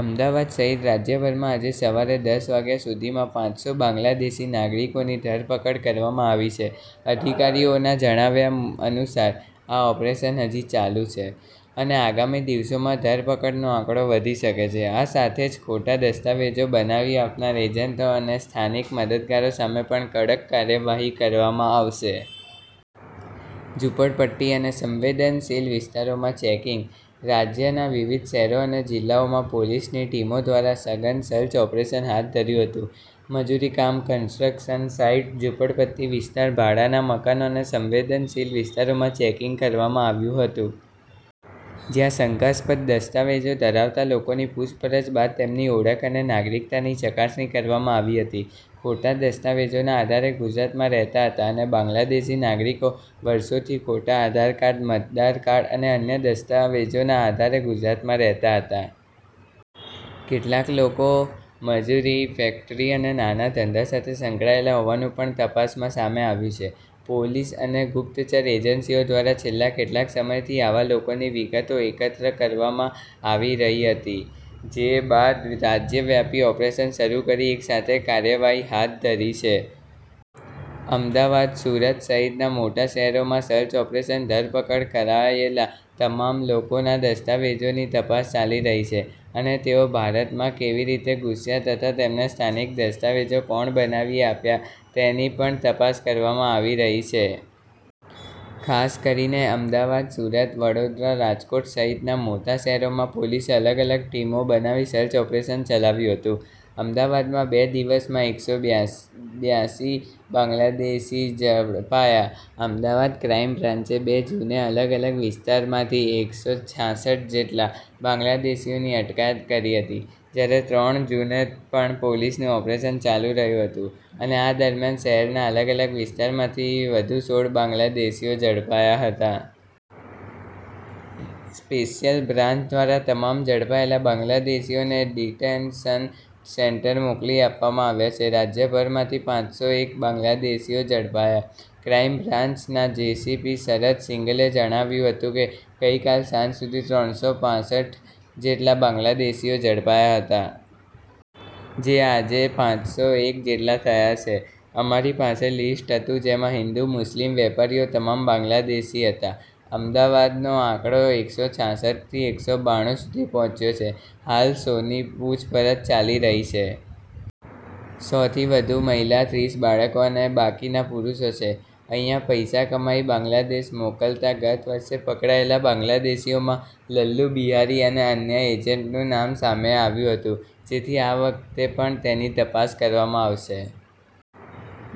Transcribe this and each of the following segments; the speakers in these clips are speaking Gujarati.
અમદાવાદ સહિત રાજ્યભરમાં આજે સવારે દસ વાગ્યા સુધીમાં પાંચસો બાંગ્લાદેશી નાગરિકોની ધરપકડ કરવામાં આવી છે. અધિકારીઓના જણાવ્યા અનુસાર આ ઓપરેશન હજુ ચાલુ છે, અને આગામી દિવસોમાં ધરપકડનો આંકડો વધી શકે છે. આ સાથે જ ખોટા દસ્તાવેજો બનાવી આપનાર એજન્ટો અને સ્થાનિક મદદગારો સામે પણ કડક કાર્યવાહી કરવામાં આવશે. ઝૂંપડપટ્ટી અને સંવેદનશીલ વિસ્તારોમાં ચેકિંગ. રાજ્યના વિવિધ શહેરો અને જિલ્લાઓમાં પોલીસની ટીમો દ્વારા સઘન સર્ચ ઓપરેશન હાથ ધર્યું હતું. મજૂરી કામ, કન્સ્ટ્રક્શન સાઈટ, ઝૂંપડપટ્ટી વિસ્તાર, ભાડાના મકાનો અને સંવેદનશીલ વિસ્તારોમાં ચેકિંગ કરવામાં આવ્યું હતું. જ્યાં શંકાસ્પદ દસ્તાવેજો ધરાવતા લોકોની પૂછપરછ બાદ તેમની ઓળખ અને નાગરિકતાની ચકાસણી કરવામાં આવી હતી. ખોટા દસ્તાવેજોના આધારે ગુજરાતમાં રહેતા હતા અનેક બાંગ્લાદેશી નાગરિકો, વર્ષોથી ખોટા આધારકાર્ડ, મતદાર કાર્ડ અને અન્ય દસ્તાવેજોના આધારે ગુજરાતમાં રહેતા હતા. કેટલાક લોકો મજૂરી, ફેક્ટરી અને નાના ધંધા સાથે સંકળાયેલા હોવાનું પણ તપાસમાં સામે આવ્યું છે. પોલીસ અને ગુપ્તચર એજન્સીઓ દ્વારા છેલ્લા કેટલાક સમયથી આવા લોકોની વિગતો એકત્ર કરવામાં આવી રહી હતી. જે બાદ રાજ્યવ્યાપી ઓપરેશન શરૂ કરી એકસાથે કાર્યવાહી હાથ ધરી છે. અમદાવાદ, સુરત સહિતના મોટા શહેરોમાં સર્ચ ઓપરેશન ધરપકડ કરાયેલા તમામ લોકોના દસ્તાવેજોની તપાસ ચાલી રહી છે, અને તેઓ ભારતમાં કેવી રીતે ઘૂસ્યા, તથા તેમને સ્થાનિક દસ્તાવેજો કોણે બનાવી આપ્યા, તેની પણ તપાસ કરવામાં આવી રહી છે. ખાસ કરીને અમદાવાદ, સુરત, વડોદરા, રાજકોટ સહિતના મોટા શહેરોમાં પોલીસે અલગ-અલગ ટીમો બનાવી સર્ચ ઓપરેશન ચલાવ્યું હતું. અમદાવાદમાં બે દિવસમાં એકસો બ્યાસી બાંગ્લાદેશી ઝડપાયા. અમદાવાદ ક્રાઈમ બ્રાન્ચે બે જૂને અલગ-અલગ વિસ્તારમાંથી એકસો છાસઠ જેટલા બાંગ્લાદેશીઓની અટકાયત કરી હતી, જ્યારે ત્રણ જૂને પણ પોલીસનું ઓપરેશન ચાલુ રહ્યું હતું, અને આ દરમિયાન શહેરના અલગ-અલગ વિસ્તારમાંથી વધુ સોળ બાંગ્લાદેશીઓ ઝડપાયા હતા. સ્પેશિયલ બ્રાન્ચ દ્વારા તમામ ઝડપાયેલા બાંગ્લાદેશીઓને ડિટેન્શન સેન્ટર મોકલી આપવામાં આવ્યા છે. રાજ્યભરમાંથી પાંચસો એક બાંગ્લાદેશીઓ ઝડપાયા. ક્રાઈમ બ્રાન્ચના જે.સી.પી. શરદ સિંઘલે જણાવ્યું હતું કે, ગઈકાલ સાંજ સુધી ત્રણસો પાસઠ જેટલા બાંગ્લાદેશીઓ ઝડપાયા હતા. જે આજે પાંચસો એક જેટલા થયા છે. અમારી પાસે લિસ્ટ હતું, જેમાં હિન્દુ, મુસ્લિમ, વેપારીઓ તમામ બાંગ્લાદેશી હતા. અમદાવાદનો આંકડો એકસો છાસઠ થી એકસો બાણું સુધી પહોંચ્યો છે. હાલ સોની પૂછપરછ ચાલી રહી છે. સો થી વધુ મહિલા, ત્રીસ બાળકો અને બાકીના પુરૂષો છે. અહીંયા પૈસા કમાઈ બાંગ્લાદેશ મોકલતા ગત વર્ષે પકડાયેલા બાંગ્લાદેશીઓમાં લલ્લુ બિહારી અને અન્ય એજન્ટનું નામ સામે આવ્યું હતું. જેથી આ વખતે પણ તેની તપાસ કરવામાં આવશે.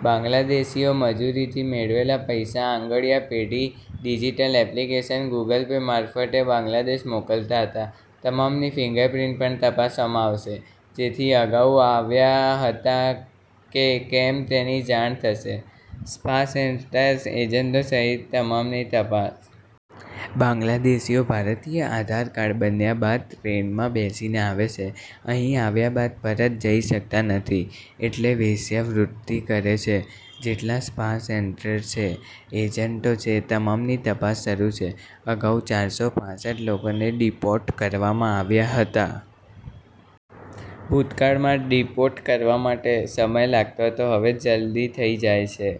બાંગ્લાદેશીઓ મજૂરીથી મેળવેલા પૈસા આંગડિયા પેઢી, ડિજિટલ એપ્લિકેશન, ગુગલ પે મારફતે બાંગ્લાદેશ મોકલતા હતા. તમામની ફિંગર પ્રિન્ટ પણ તપાસવામાં આવશે. જેથી અગાઉ આવ્યા હતા કે કેમ તેની જાણ થશે. સ્પા સેન્ટર, એજન્ટો સહિત તમામની તપાસ. બાંગ્લાદેશીઓ ભારતીય આધારકાર્ડ બન્યા બાદ ટ્રેનમાં બેસીને આવે છે. અહીં આવ્યા બાદ પરત જઈ શકતા નથી. એટલે વેશ્યાવૃત્તિ કરે છે. જેટલા સ્પા સેન્ટર છે, એજન્ટો છે તમામની તપાસ શરૂ છે. અગાઉ ચારસો પાસઠ લોકોને ડિપોર્ટ કરવામાં આવ્યા હતા. ભૂતકાળમાં ડિપોર્ટ કરવા માટે સમય લાગતો હતો. હવે જલદી થઈ જાય છે.